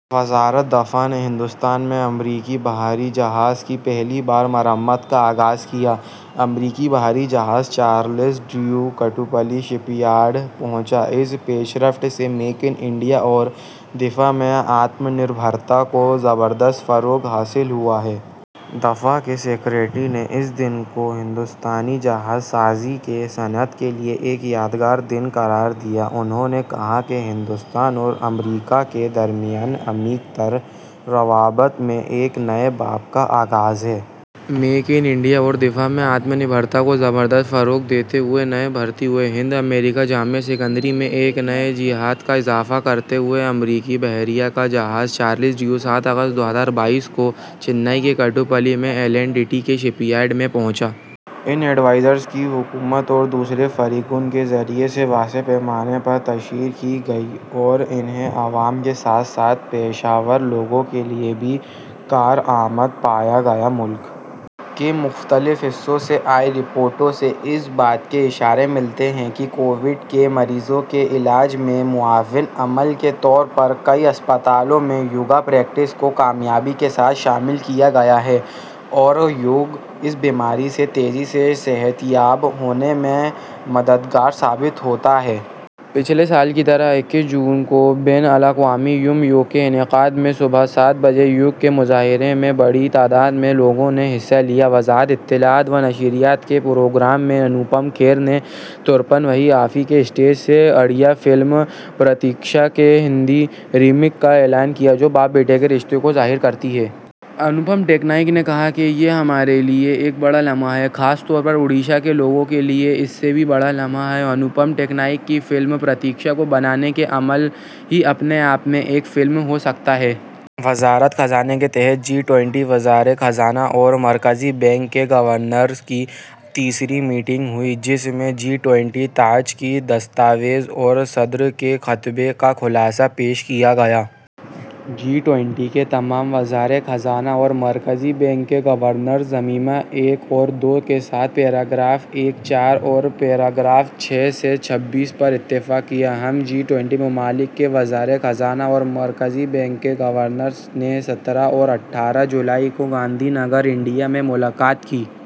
وزارت دفاع نے ہندوستان میں امریکی بحریہ کے جہاز کی پہلی بار مرمت کا آغاز کیا۔ امریکی بحری جہاز Charles Drew L and T Kattupalli shipyard پہنچا۔ اس پیشرفت سے میک ان انڈیا اور دفاع میں آتم نربھرتا کو زبردست فروغ حاصل ہوا ہے۔ دفاع کے سکریٹری نے اس دن کو ہندوستانی جہاز سازی کی صنعت کے لیے ایک یادگار دن قرار دیا۔ انہوں نے کہا کہ یہ ہندوستان اور امریکہ کے درمیان عمیق تر روابط میں ایک نئے باب کا آغاز ہے۔ میک ان انڈیا اور دفاع میں آتم نربھرتا کو زبردست فروغ دیتے ہوئے نیز بڑھتی ہوئی ہند امریکہ جامع شراکت داری میں ایک نئی جہت کا اضافہ کرتے ہوئے امریکی بحریہ کا جہاز چارلس ڈریو سات اگست دو ہزار بائیس کو چنئی کے کٹوپلی میں ایل اینڈ ٹی کے شپ یارڈ میں پہنچا۔ ان ایڈوائزریز کی حکومت اور دیگر فریقوں کے کئی ذرائع سے وسیع پیمانے پر تشہیر کی گئی اور انہیں عوام کے ساتھ ساتھ ہیلتھ پیشہ وروں کے لیے بھی کارآمد پایا گیا۔ ملک کے مختلف حصوں سے آئی رپورٹوں سے اس بات کے اشارے ملتے ہیں کہ کووڈ انیس کے مریضوں کے علاج میں معاون عمل کے طور پر کئی اسپتالوں میں یوگ پریکٹسز کو کامیابی کے ساتھ شامل کیا گیا ہے اور یوگ اس بیماری سے تیزی سے صحت یاب ہونے میں مددگار ثابت ہوتا ہے۔ پچھلے سال کی طرح اکیس جون کو بین الاقوامی یوم یوگ کے انعقاد میں صبح سات بجے یوگ کے مظاہرے میں بڑی تعداد میں لوگوں نے حصہ لیا۔ وزارت اطلاعات و نشریات کے پروگرام میں انوپم کھیر نے ترپن ویں افی کے اسٹیج سے اڑیہ فلم پرتیکشا کے ہندی ریمیک کا اعلان کیا جو باپ بیٹے کے رشتے کو ظاہر کرتی ہے۔ انوپم پٹنائک نے کہا کہ یہ ہمارے لیے ایک بڑا لمحہ ہے، خاص طور پر اوڈیشہ کے لوگوں کے لیے اس سے بھی بڑا لمحہ ہے۔ انوپم پٹنائک کی فلم پرتیکشا کو بنانے کا عمل ہی اپنے آپ میں ایک فلم ہو سکتا ہے۔ وزارت خزانہ کے تحت جی ٹوئنٹی وزرائے خزانہ اور مرکزی بینک کے گورنرز کی تیسری میٹنگ ہوئی جس میں جی ٹوئنٹی نتائج کی دستاویز اور صدر کے خطبے کا خلاصہ پیش کیا گیا۔ جی ٹوئنٹی کے تمام وزرائے خزانہ اور مرکزی بینک کے گورنرز نے ضمیمہ ایک اور دو کے ساتھ پیراگراف ایک، چار اور پیراگراف چھ سے چھبیس پر اتفاق کیا۔ ہم جی ٹوئنٹی ممالک کے وزرائے خزانہ اور مرکزی بینک کے گورنرز نے سترہ اور اٹھارہ جولائی کو گاندھی نگر، انڈیا میں ملاقات کی۔